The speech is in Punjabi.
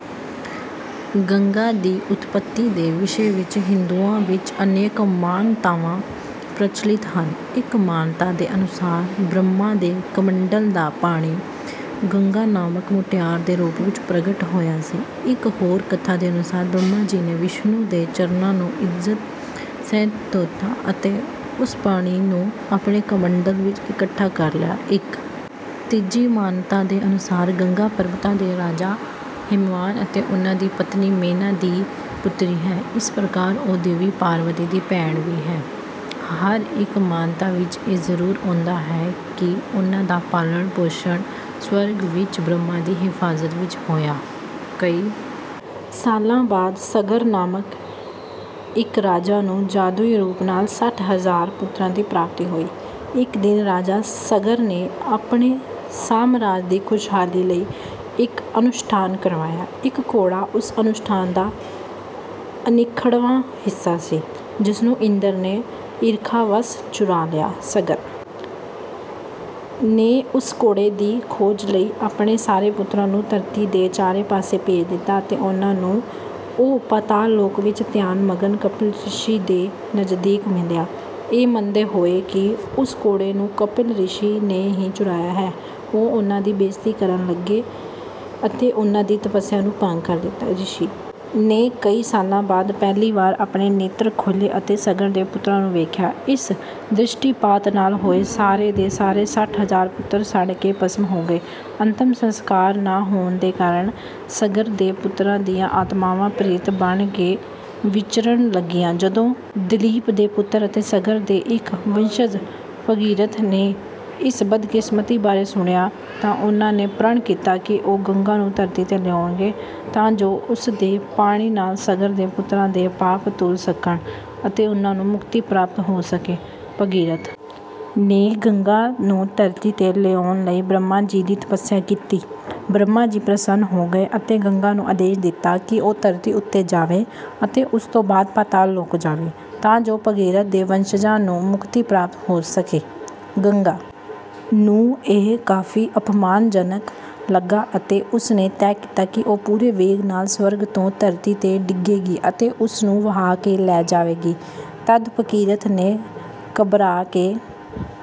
ਗੰਗਾ ਦੀ ਉਤਪੱਤੀ ਦੇ ਵਿਸ਼ੇ ਵਿੱਚ ਹਿੰਦੂਆਂ ਵਿੱਚ ਅਨੇਕ ਮਾਨਤਾਵਾਂ ਪ੍ਰਚਲਿਤ ਹਨ। ਇੱਕ ਮਾਨਤਾ ਦੇ ਅਨੁਸਾਰ ਬ੍ਰਹਮਾ ਦੇ ਕਮੰਡਲ ਦਾ ਪਾਣੀ ਗੰਗਾ ਨਾਮਕ ਮੁਟਿਆਰ ਦੇ ਰੂਪ ਵਿੱਚ ਪ੍ਰਗਟ ਹੋਇਆ ਸੀ। ਇੱਕ ਹੋਰ ਕਥਾ ਦੇ ਅਨੁਸਾਰ ਬ੍ਰਹਮਾ ਜੀ ਨੇ ਵਿਸ਼ਨੂੰ ਦੇ ਚਰਨਾਂ ਨੂੰ ਇੱਜ਼ਤ ਸਹਿਤ ਧੋਤਾ ਅਤੇ ਉਸ ਪਾਣੀ ਨੂੰ ਆਪਣੇ ਕਮੰਡਲ ਵਿੱਚ ਇਕੱਠਾ ਕਰ ਲਿਆ। ਇੱਕ ਤੀਜੀ ਮਾਨਤਾ ਦੇ ਅਨੁਸਾਰ ਗੰਗਾ ਪਰਬਤਾਂ ਦੇ ਰਾਜਾ ਹਿਮਵਾਨ ਅਤੇ ਉਨ੍ਹਾਂ ਦੀ ਪਤਨੀ ਮੇਨਾ ਦੀ ਪੁੱਤਰੀ ਹੈ। ਇਸ ਪ੍ਰਕਾਰ ਉਹ ਦੇਵੀ ਪਾਰਵਤੀ ਦੀ ਭੈਣ ਵੀ ਹੈ। ਹਰ ਇੱਕ ਮਾਨਤਾ ਵਿੱਚ ਇਹ ਜ਼ਰੂਰ ਆਉਂਦਾ ਹੈ ਕਿ ਉਨ੍ਹਾਂ ਦਾ ਪਾਲਣ-ਪੋਸ਼ਣ ਸਵਰਗ ਵਿੱਚ ਬ੍ਰਹਮਾ ਦੀ ਹਿਫ਼ਾਜ਼ਤ ਵਿੱਚ ਹੋਇਆ। ਕਈ ਸਾਲਾਂ ਬਾਅਦ ਸਗਰ ਨਾਮਕ ਇੱਕ ਰਾਜਾ ਨੂੰ ਜਾਦੂਈ ਰੂਪ ਨਾਲ ਸੱਠ ਹਜ਼ਾਰ ਪੁੱਤਰਾਂ ਦੀ ਪ੍ਰਾਪਤੀ ਹੋਈ। ਇੱਕ ਦਿਨ ਰਾਜਾ ਸਗਰ ਨੇ ਆਪਣੇ ਸਾਮਰਾਜ ਦੀ ਖ਼ੁਸ਼ਹਾਲੀ ਲਈ ਇੱਕ ਅਨੁਸ਼ਠਾਨ ਕਰਵਾਇਆ। ਇੱਕ ਘੋੜਾ ਉਸ ਅਨੁਸ਼ਠਾਨ ਦਾ ਅਨਿੱਖੜਵਾਂ ਹਿੱਸਾ ਸੀ, ਜਿਸ ਨੂੰ ਇੰਦਰ ਨੇ ਈਰਖਾ ਵੱਸ ਚੁਰਾ ਲਿਆ। ਸਗਰ ਨੇ ਉਸ ਘੋੜੇ ਦੀ ਖੋਜ ਲਈ ਆਪਣੇ ਸਾਰੇ ਪੁੱਤਰਾਂ ਨੂੰ ਧਰਤੀ ਦੇ ਚਾਰੇ ਪਾਸੇ ਭੇਜ ਦਿੱਤਾ ਅਤੇ ਉਨ੍ਹਾਂ ਨੂੰ ਉਹ ਪਾਤਾਲ ਲੋਕ ਵਿੱਚ ਧਿਆਨ-ਮਗਨ ਕਪਿਲ ਰਿਸ਼ੀ ਦੇ ਨਜ਼ਦੀਕ ਮਿਲਿਆ। ਇਹ ਮੰਨਦੇ ਹੋਏ ਕਿ ਉਸ ਘੋੜੇ ਨੂੰ ਕਪਿਲ ਰਿਸ਼ੀ ਨੇ ਹੀ ਚੁਰਾਇਆ ਹੈ, ਉਹ ਉਨ੍ਹਾਂ ਦੀ ਬੇਇੱਜ਼ਤੀ ਕਰਨ ਲੱਗੇ ਅਤੇ ਉਨ੍ਹਾਂ ਦੀ ਤਪੱਸਿਆ ਨੂੰ ਭੰਗ ਕਰ ਦਿੱਤਾ। ਰਿਸ਼ੀ ਨੇ ਕਈ ਸਾਲਾਂ ਬਾਅਦ ਪਹਿਲੀ ਵਾਰ ਆਪਣੇ ਨੇਤਰ ਖੋਲ੍ਹੇ ਅਤੇ ਸਗਰ ਦੇ ਪੁੱਤਰਾਂ ਨੂੰ ਵੇਖਿਆ। ਇਸ ਦ੍ਰਿਸ਼ਟੀਪਾਤ ਨਾਲ ਉਹ ਸਾਰੇ ਦੇ ਸਾਰੇ ਸੱਠ ਹਜ਼ਾਰ ਪੁੱਤਰ ਸੜ ਕੇ ਭਸਮ ਹੋ ਗਏ। ਅੰਤਿਮ ਸੰਸਕਾਰ ਨਾ ਹੋਣ ਦੇ ਕਾਰਨ ਸਗਰ ਦੇ ਪੁੱਤਰਾਂ ਦੀਆਂ ਆਤਮਾਵਾਂ ਪ੍ਰੇਤ ਬਣ ਕੇ ਵਿਚਰਨ ਲੱਗੀਆਂ। ਜਦੋਂ ਦਿਲੀਪ ਦੇ ਪੁੱਤਰ ਅਤੇ ਸਗਰ ਦੇ ਇੱਕ ਵੰਸ਼ਜ ਭਗੀਰਥ ਨੇ ਇਸ ਬਦਕਿਸਮਤੀ ਬਾਰੇ ਸੁਣਿਆ ਤਾਂ ਉਨ੍ਹਾਂ ਨੇ ਪ੍ਰਣ ਕੀਤਾ ਕਿ ਉਹ ਗੰਗਾ ਨੂੰ ਧਰਤੀ ’ਤੇ ਲਿਆਉਣਗੇ, ਤਾਂ ਜੋ ਉਸ ਦੇ ਪਾਣੀ ਨਾਲ ਸਗਰ ਦੇ ਪੁੱਤਰਾਂ ਦੇ ਪਾਪ ਧੁਲ ਸਕਣ ਅਤੇ ਉਨ੍ਹਾਂ ਨੂੰ ਮੁਕਤੀ ਪ੍ਰਾਪਤ ਹੋ ਸਕੇ। ਭਗੀਰਥ ਨੇ ਗੰਗਾ ਨੂੰ ਧਰਤੀ ’ਤੇ ਲਿਆਉਣ ਲਈ ਬ੍ਰਹਮਾ ਜੀ ਦੀ ਤਪੱਸਿਆ ਕੀਤੀ। ਬ੍ਰਹਮਾ ਜੀ ਪ੍ਰਸੰਨ ਹੋ ਗਏ ਅਤੇ ਗੰਗਾ ਨੂੰ ਆਦੇਸ਼ ਦਿੱਤਾ ਕਿ ਉਹ ਧਰਤੀ ਉੱਤੇ ਜਾਵੇ ਅਤੇ ਉਸ ਤੋਂ ਬਾਅਦ ਪਾਤਾਲ ਲੋਕ ਜਾਵੇ, ਤਾਂ ਜੋ ਭਗੀਰਥ ਦੇ ਵੰਸ਼ਜਾਂ ਨੂੰ ਮੁਕਤੀ ਪ੍ਰਾਪਤ ਹੋ ਸਕੇ। ਗੰਗਾ ਨੂੰ ਇਹ ਕਾਫ਼ੀ ਅਪਮਾਨਜਨਕ ਲੱਗਾ ਅਤੇ ਉਸ ਨੇ ਤੈਅ ਕੀਤਾ ਕਿ ਉਹ ਪੂਰੇ ਵੇਗ ਨਾਲ ਸਵਰਗ ਤੋਂ ਧਰਤੀ ’ਤੇ ਡਿੱਗੇਗੀ ਅਤੇ ਉਸ ਨੂੰ ਵਹਾ ਕੇ ਲੈ ਜਾਵੇਗੀ। ਤਦ ਭਗੀਰਥ ਨੇ ਘਬਰਾ ਕੇ…